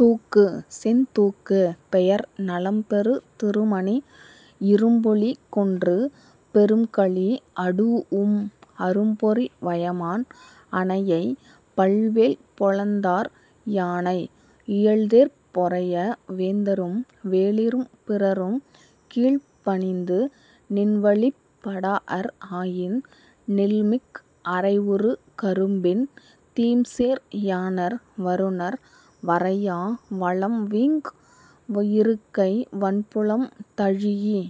தூக்கு: செந்தூக்கு பெயர்: நலம்பெறு திருமணி இரும்புலி கொன்று பெரும்களி அடூஉம் அரும்பொறி வயமான் அனையை பல்வேல் பொலந்தார் யானை இயல்தேர்ப் பொறைய வேந்தரும் வேளிரும் பிறரும் கீழ்ப்பணிந்து நின்வழிப் படாஅர் ஆயின் நெல்மிக் அறைஉறு கரும்பின் தீம்சேற் யாணர் வருநர் வரையா வளம்வீங் இருக்கை வன்புலம் தழீஇ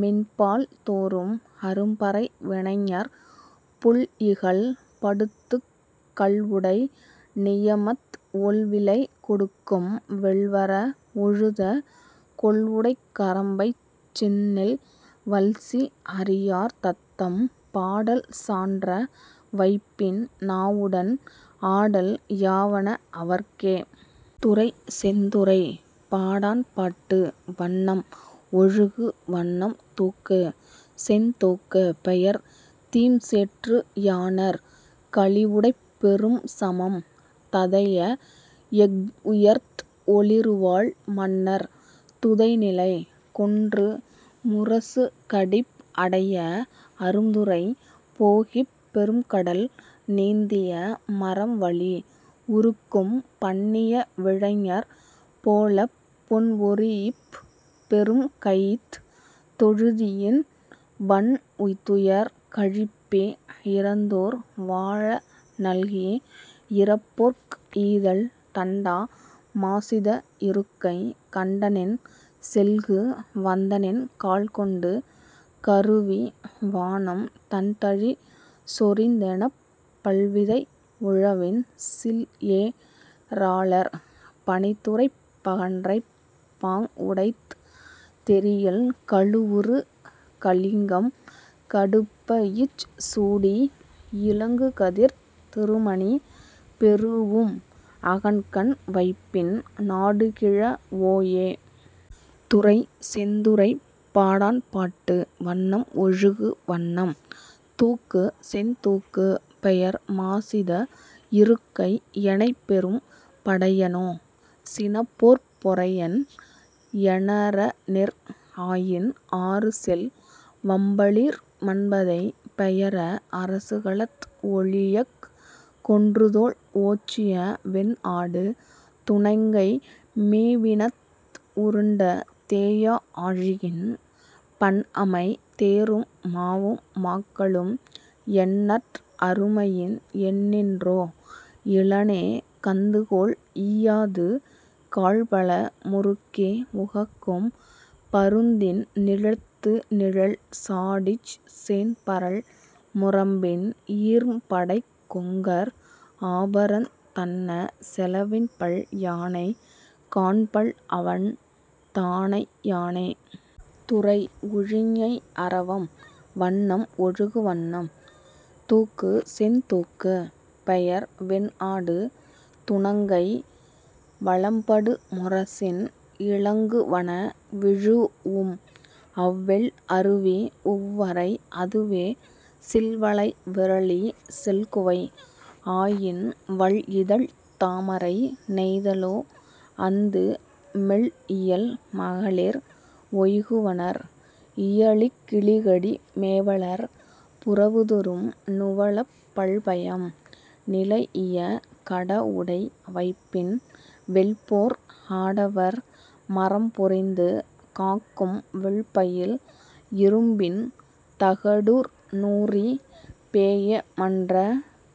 மென்பால் தோறும் அரும்பறை வினைஞர் புல்இகல் படுத்துக் கள்உடை நியமத் ஒள்விலை கொடுக்கும் வெள்வர உழுத கொள்உடைக் கரம்பைச் செந்நெல் வல்சி அறியார் தத்தம் பாடல் சான்ற வைப்பின் நாஉடன் ஆடல் யாவண அவர்க்கே. துறை: செந்துறைப் பாடாண்பாட்டு வண்ணம்: ஒழுகு வண்ணம் தூக்கு: செந்தூக்கு பெயர்: தீம்சேற்று யாணர் களிஉடைப் பெரும்சமம் ததைய எஃஉயர்த் ஒளிறுவாள் மன்னர் துதைநிலை கொன்று முரசுகடிப் அடைய அரும்துறை போகிப் பெரும்கடல் நீந்திய மரம்வலி உறுக்கும் பண்ணிய விலைஞர் போலப் புண்ஒரீஇப் பெரும்கைத் தொழுதியின் வன்துயர் கழிப்பி இரந்தோர் வாழ நல்கி இரப்போர்க் ஈதல் தண்டா மாசித இருக்கை கண்டனென் செல்கு வந்தனென் கால்கொண்டு கருவி வானம் தண்தளி சொரிந்தெனப் பல்விதை உழவின் சில்ஏ ராளர் பனித்துறைப் பகன்றைப் பாங்உடைத் தெரியல் கழுஉறு கலிங்கம் கடுப்பச் சூடி இலங்குகதிர்த் திருமணி பெறூஉம் அகன்கண் வைப்பின் நாடுகிழ வோயே. துறை: செந்துறைப் பாடாண்பாட்டு வண்ணம்: ஒழுகு வண்ணம் தூக்கு: செந்தூக்கு பெயர்: மாசித இருக்கை எனைப்பெரும் படையனோ சினப்போர்ப் பொறையன் எனறனிர் ஆயின் ஆறுசெல் வம்பலீர் மன்பதை பெயர அரசுகளத் ஒழியக் கொன்றுதோள் ஓச்சிய வென்ஆடு துணங்கை மீபிணத் உருண்ட தேயா ஆழியின் பண்அமை தேரும் மாவும் மாக்களும் எண்ணற் அருமையின் எண்ணின்றோ இலனே கந்துகோள் ஈயாது காழ்பல முருக்கி உகக்கும் பருந்தின் நிலத்துநிழல் சாடிச் சேண்பரல் முரம்பின் ஈர்ம்படைக் கொங்கர் ஆபரந் தன்ன செலவின்பல் யானை காண்பல்அவன் தானை யானே. துறை: உழிஞை அரவம் வண்ணம்: ஒழுகு வண்ணம் தூக்கு: செந்தூக்கு பெயர்: வென்ஆடு துணங்கை வலம்படு முரசின் இலங்குவன விழூஉம் அவ்வெள் அருவி உவ்வரை அதுவே சில்வளை விறலி செல்குவை ஆயின் வள்இதழ்த் தாமரை நெய்தலொ அந்து மெல்இயல் மகளிர் ஒய்குவனர் இயலிக் கிளிகடி மேவலர் புறவுதொறும் நுவலப் பல்பயம் நிலைஇய கடஉடை வைப்பின் வெல்போர் ஆடவர் மறம்புரிந்து காக்கும் வில்பயில் இறும்பின் தகடூர் நூறி பேஎ மன்ற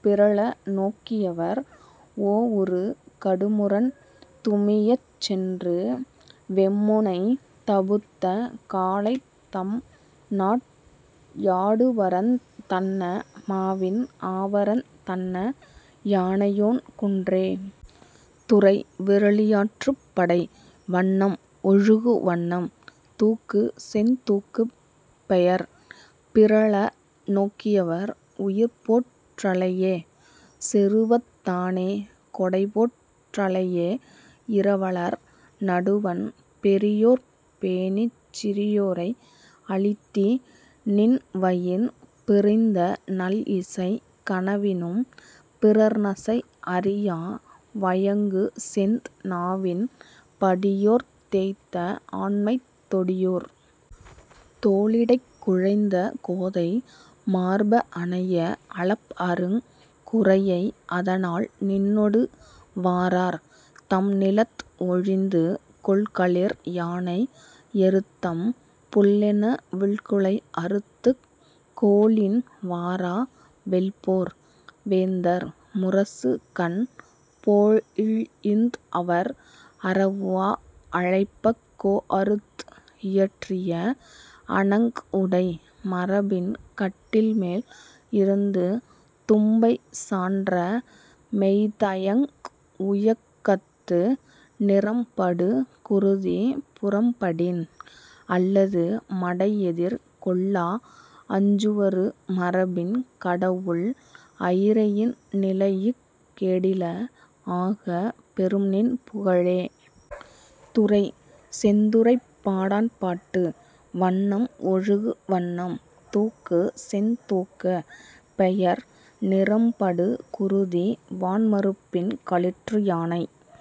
பிறழநோக் கியவர் ஓஉறு கடுமுரண் துமியச் சென்று வெம்முனை தபுத்த காலைத் தம்நாட் யாடுபரந் தன்ன மாவின் ஆபரந் தன்ன யானையோன் குன்றே. துறை: விறலியாற்றுப்படை வண்ணம்: ஒழுகு வண்ணம் தூக்கு: செந்தூக்கு பெயர்: பிறழநோக்கியவர் உயிர்போற் றலையே செருவத் தானே கொடைபோற் றலையே இரவலர் நடுவண் பெரியோர்ப் பேணிச் சிறியோரை அளித்தி நின்வயின் பிரிந்த நல்இசை கனவினும் பிறர்நசை அறியா வயங்குசெந் நாவின் படியோர்த் தேய்த்த ஆண்மைத் தொடியோர் தோளிடைக் குழைந்த கோதை மார்ப அனைய அளப்அருங் குரையை அதனால் நின்னொடு வாரார் தம்நிலத் ஒழிந்து கொல்களிற் யானை எருத்தம் புல்லென வில்குலை அறுத்துக் கோலின் வாரா வெல்போர் வேந்தர் முரசுகண் போழ்ந்அவர் அரஉவா அழைப்பக் கோஅறுத் இயற்றிய அணங்உடை மரபின் கட்டில்மேல் இருந்து தும்பை சான்ற மெய்தயங் உயக்கத்து நிறம்படு குருதி புறம்படின் அல்லது மடைஎதிர் கொள்ளா அஞ்சுவரு மரபின் கடவுள் அயிரையின் நிலைஇக் கேடில ஆக பெரும்நின் புகழே. துறை: செந்துறைப்பாடாண்பாட்டு வண்ணம்: ஒழுகு வண்ணம் தூக்கு: செந்தூக்கு பெயர்: நிறம்படு குருதி வான்மருப்பின் களிற்றுயானை